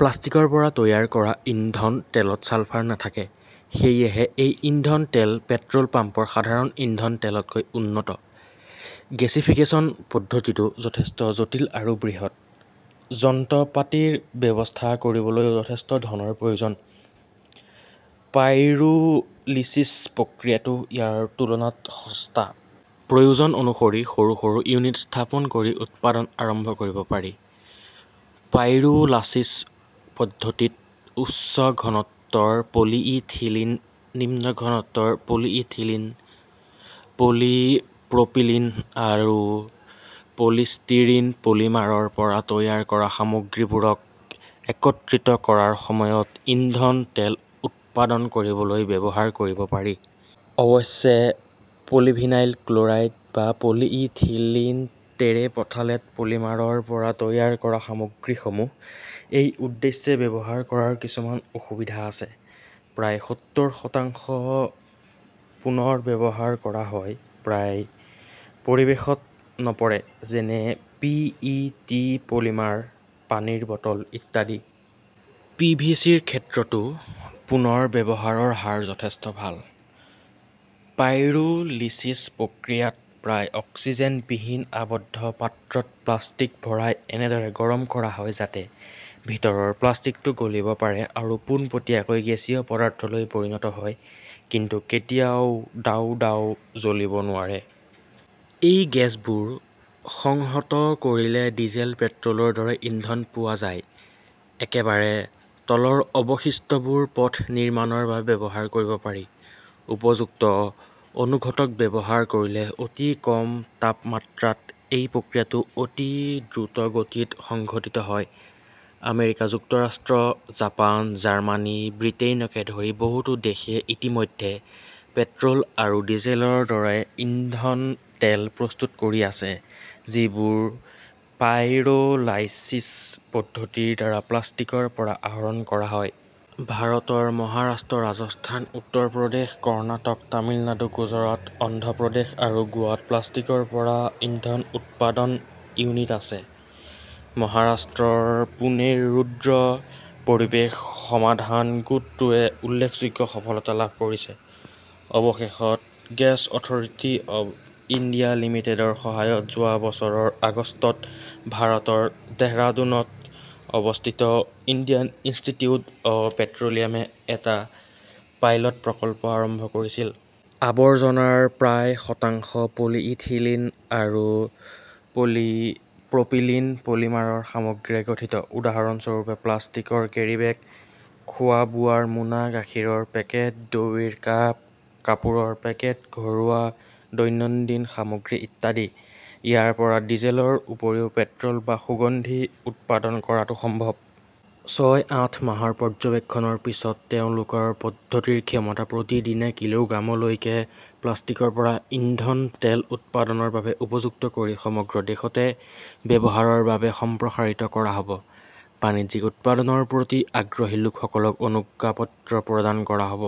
প্লাষ্টিকৰ পৰা তৈয়াৰ কৰা ইন্ধন তেলত ছালফাৰ নাথাকে। সেয়েহে এই ইন্ধন তেল পেট্ৰল পাম্পৰ সাধাৰণ ইন্ধন তেলতকৈ উন্নত। গেছিফিকেচন পদ্ধতিটো যথেষ্ট জটিল আৰু বৃহৎ। যন্ত্ৰপাতিৰ ব্যৱস্থা কৰিবলৈও যথেষ্ট ধনৰ প্ৰয়োজন। পাইৰোলিছিছ প্ৰক্ৰিয়াটো ইয়াৰ তুলনাত সস্তা। প্ৰয়োজন অনুসৰি সৰু- সৰু ইউনিট স্থাপন কৰি উৎপাদন আৰম্ভ কৰিব পাৰি। পাইৰোলাচিছ পদ্ধতিত উচ্চ ঘনত্বৰ পলিইথিলিন, নিম্ন ঘনত্বৰ পলিইথিলিন, পলিপ্ৰপিলিন আৰু পলিষ্টিৰিন পলিমাৰৰ পৰা তৈয়াৰ কৰা সামগ্ৰীবোৰক একত্ৰিত কৰাৰ সময়ত ইন্ধন তেল উৎপাদন কৰিবলৈ ব্যৱহাৰ কৰিব পাৰি। অৱশ্যে পলিভিনাইল ক্লৰাইড বা পলিইথিলিন টেৰেপথালেট পলিমাৰৰ পৰা তৈয়াৰ কৰা সামগ্ৰীসমূহ এই উদ্দেশ্যে ব্যৱহাৰ কৰাৰ কিছুমান অসুবিধা আছে। প্ৰায় সত্তৰ শতাংশ পুনৰ্ব্যৱহাৰ কৰা হয়, প্ৰায় পৰিৱেশত নপৰে। যেনে পি. ই. টি. পলিমাৰ, পানীৰ বটল ইত্যাদি। পি. ভি. চি. -ৰ ক্ষেত্ৰতো পুনৰ্ব্যৱহাৰৰ হাৰ যথেষ্ট ভাল। পাইৰোলিছিছ প্ৰক্ৰিয়াত প্ৰায় অক্সিজেনবিহীন আবদ্ধ পাত্ৰত প্লাষ্টিক ভৰাই এনেদৰে গৰম কৰা হয় যাতে ভিতৰৰ প্লাষ্টিকটো গলিব পাৰে আৰু পোনপটীয়াকৈ গেছীয় পদাৰ্থলৈ পৰিণত হয়। কিন্তু কেতিয়াও দাউদাও জ্বলিব নোৱাৰে। এই গেছবোৰ সংহত কৰিলে ডিজেল, পেট্ৰলৰ দৰে ইন্ধন পোৱা যায় একেবাৰে তলৰ অৱশিষ্টবোৰ পথ নিৰ্মাণৰ বাবে ব্যৱহাৰ কৰিব পাৰি। উপযুক্ত অনুঘটক ব্যৱহাৰ কৰিলে অতি কম তাপমাত্ৰাত এই প্ৰক্ৰিয়াটো অতি দ্ৰুতগতিত সংঘটিত হয়। আমেৰিকা যুক্তৰাষ্ট্ৰ, জাপান, জাৰ্মানী, ব্ৰিটেইনকে ধৰি বহুতো দেশে ইতিমধ্যে পেট্ৰল আৰু ডিজেলৰ দৰে ইন্ধন তেল প্ৰস্তুত কৰি আছে, যিবোৰ পাইৰ লাইসিস পদ্ধতিৰ দ্বাৰা প্লাষ্টিকৰ পৰা আহৰণ কৰা হয়। ভাৰতৰ মহাৰাষ্ট্ৰ, ৰাজস্থান, উত্তৰ প্ৰদেশ, কৰ্ণাটক, তামিলনাডু, গুজৰাট, অন্ধ্ৰ প্ৰদেশ আৰু গোৱাত প্লাষ্টিকৰ পৰা ইন্ধন উৎপাদন ইউনিট আছে। মহাৰাষ্ট্ৰৰ পুনেৰ ৰুদ্ৰ পৰিৱেশ সমাধান গোটটোৱে উল্লেখযোগ্য সফলতা লাভ কৰিছে। অৱশেষত গেছ অথৰিটি অৱ ইণ্ডিয়া লিমিটেডৰ সহায়ত যোৱা বছৰৰ আগষ্টত ভাৰতৰ দেহৰাদুনত অৱস্থিত ইণ্ডিয়ান ইনষ্টিটিউট অৱ পেট্ৰলিয়ামে এটা পাইলট প্ৰকল্প আৰম্ভ কৰিছিল। আবৰ্জনাৰ প্ৰায় শতাংশ পলিইথিলিন আৰু পলিপ্ৰপিলিন পলিমাৰৰ সামগ্ৰীৰে গঠিত। উদাহৰণস্বৰূপে, প্লাষ্টিকৰ কেৰীবেগ, খোৱা-বোৱাৰ মোনা, গাখীৰৰ পেকেট, দইৰ কাপ, কাপোৰৰ পেকেট, ঘৰুৱা দৈনন্দিন সামগ্ৰী ইত্যাদি। ইয়াৰ পৰা ডিজেলৰ উপৰিও পেট্ৰল বা সুগন্ধি উৎপাদন কৰাটো সম্ভৱ। ছয়-আঠ মাহৰ পৰ্যবেক্ষণৰ পিছত তেওঁলোকৰ পদ্ধতিৰ ক্ষমতা প্ৰতিদিনে কিলোগ্ৰামলৈকে প্লাষ্টিকৰ পৰা ইন্ধন তেল উৎপাদনৰ বাবে উপযুক্ত কৰি সমগ্ৰ দেশতে ব্যৱহাৰৰ বাবে সম্প্ৰসাৰিত কৰা হ 'ব। বাণিজ্যিক উৎপাদনৰ প্ৰতি আগ্ৰহী লোকসকলক অনুজ্ঞাপত্ৰ প্ৰদান কৰা হ'ব।